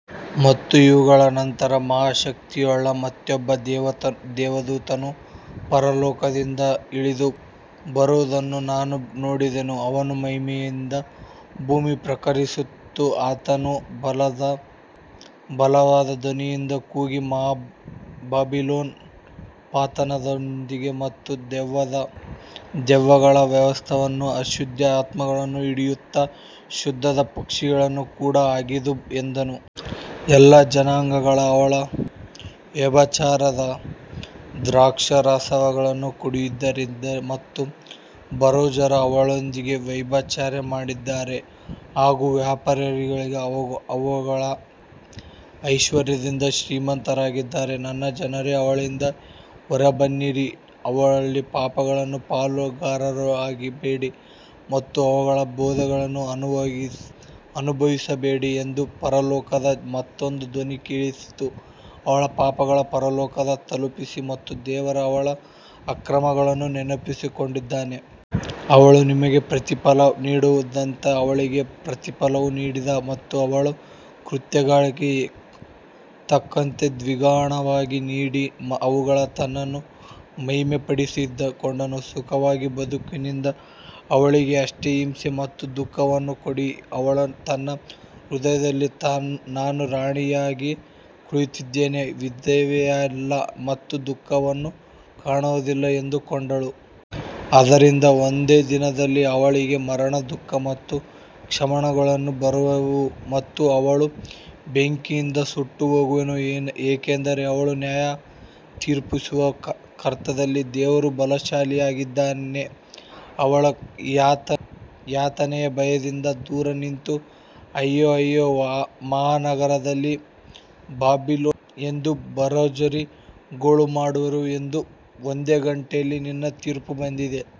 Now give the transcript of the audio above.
ಮತ್ತು ಇವುಗಳ ನಂತರ ಮಹಾ ಶಕ್ತಿಯುಳ್ಳ ಮತ್ತೊಬ್ಬ ದೇವದೂತನು ಪರಲೋಕದಿಂದ ಇಳಿದುಬರುವುದನ್ನು ನಾನು ನೋಡಿದೆನು. ಅವನ ಮಹಿಮೆಯಿಂದ ಭೂಮಿಯು ಪ್ರಕಾಶಿಸಿತು. ಅವನು ಬಲವಾದ ಧ್ವನಿಯಿಂದ ಕೂಗಿ ಮಹಾ ಬಾಬಿಲೋನ್ ಪತನಗೊಂಡಿದೆ ಮತ್ತು ದೆವ್ವಗಳ ವಾಸಸ್ಥಾನವೂ ಅಶುದ್ಧ ಆತ್ಮಗಳ ಹಿಡಿತವೂ ಅಶುದ್ಧ ಪಕ್ಷಿಗಳ ಗೂಡೂ ಆಗಿದೆ ಎಂದನು. ಎಲ್ಲಾ ಜನಾಂಗಗಳು ಅವಳ ವ್ಯಭಿಚಾರದ ದ್ರಾಕ್ಷಾರಸವನ್ನು ಕುಡಿದಿದ್ದಾರೆ ಮತ್ತು ಭೂರಾಜರು ಅವಳೊಂದಿಗೆ ವ್ಯಭಿಚಾರ ಮಾಡಿದ್ದಾರೆ ಹಾಗೂ ವ್ಯಾಪಾರಿಗಳು ಅವಳ ಐಶ್ವರ್ಯದಿಂದ ಶ್ರೀಮಂತರಾಗಿದ್ದಾರೆ. ನನ್ನ ಜನರೇ ಅವಳಿಂದ ಹೊರಬನ್ನಿರಿ, ಅವಳ ಪಾಪಗಳಲ್ಲಿ ಪಾಲುಗಾರರಾಗಬೇಡಿ ಮತ್ತು ಅವಳ ಬಾಧೆಗಳನ್ನು ಅನುಭವಿಸಬೇಡಿ ಎಂದು ಪರಲೋಕದಿಂದ ಮತ್ತೊಂದು ಧ್ವನಿ ಕೇಳಿಸಿತು. ಅವಳ ಪಾಪಗಳು ಪರಲೋಕಕ್ಕೆ ತಲುಪಿವೆ ಮತ್ತು ದೇವರು ಅವಳ ಅಕ್ರಮಗಳನ್ನು ನೆನಪಿಸಿಕೊಂಡಿದ್ದಾನೆ. ಅವಳು ನಿಮಗೆ ಪ್ರತಿಫಲ ನೀಡಿದಂತೆಯೇ ಅವಳಿಗೆ ಪ್ರತಿಫಲ ನೀಡಿ ಮತ್ತು ಅವಳ ಕೃತ್ಯಗಳಿಗೆ ತಕ್ಕಂತೆ ದ್ವಿಗುಣವಾಗಿ ನೀಡಿ. ಅವಳು ತನ್ನನ್ನು ಮಹಿಮೆಪಡಿಸಿಕೊಂಡು ಸುಖವಾಗಿ ಬದುಕಿದ್ದರಿಂದ ಅವಳಿಗೆ ಅಷ್ಟೇ ಹಿಂಸೆ ಮತ್ತು ದುಃಖವನ್ನು ಕೊಡಿ. ಅವಳು ತನ್ನ ಹೃದಯದಲ್ಲಿ ನಾನು ರಾಣಿಯಾಗಿ ಕುಳಿತಿದ್ದೇನೆ, ವಿಧವೆಯಲ್ಲ ಮತ್ತು ದುಃಖವನ್ನು ಕಾಣುವುದಿಲ್ಲ ಎಂದುಕೊಂಡಳು. ಆದ್ದರಿಂದ ಒಂದೇ ದಿನದಲ್ಲಿ ಅವಳಿಗೆ ಮರಣ ದುಃಖ ಮತ್ತು ಕ್ಷಾಮಗಳು ಬರುವವು ಮತ್ತು ಅವಳು ಬೆಂಕಿಯಿಂದ ಸುಟ್ಟುಹೋಗುವಳು, ಏಕೆಂದರೆ ಅವಳನ್ನು ನ್ಯಾಯತೀರಿಸುವ ಕರ್ತನಾದ ದೇವರು ಬಲಶಾಲಿಯಾಗಿದ್ದಾನೆ. ಅವಳ ಯಾತನೆಯ ಭಯದಿಂದ ದೂರ ನಿಂತು ಅಯ್ಯೋ ಅಯ್ಯೋ ಮಹಾ ನಗರವಾದ ಬಾಬಿಲೋನ್ ಎಂದು ಭೂರಾಜರು ಗೋಳಾಡುವರು. ಒಂದೇ ಗಂಟೆಯಲ್ಲಿ ನಿನ್ನ ತೀರ್ಪು ಬಂದಿದೆ.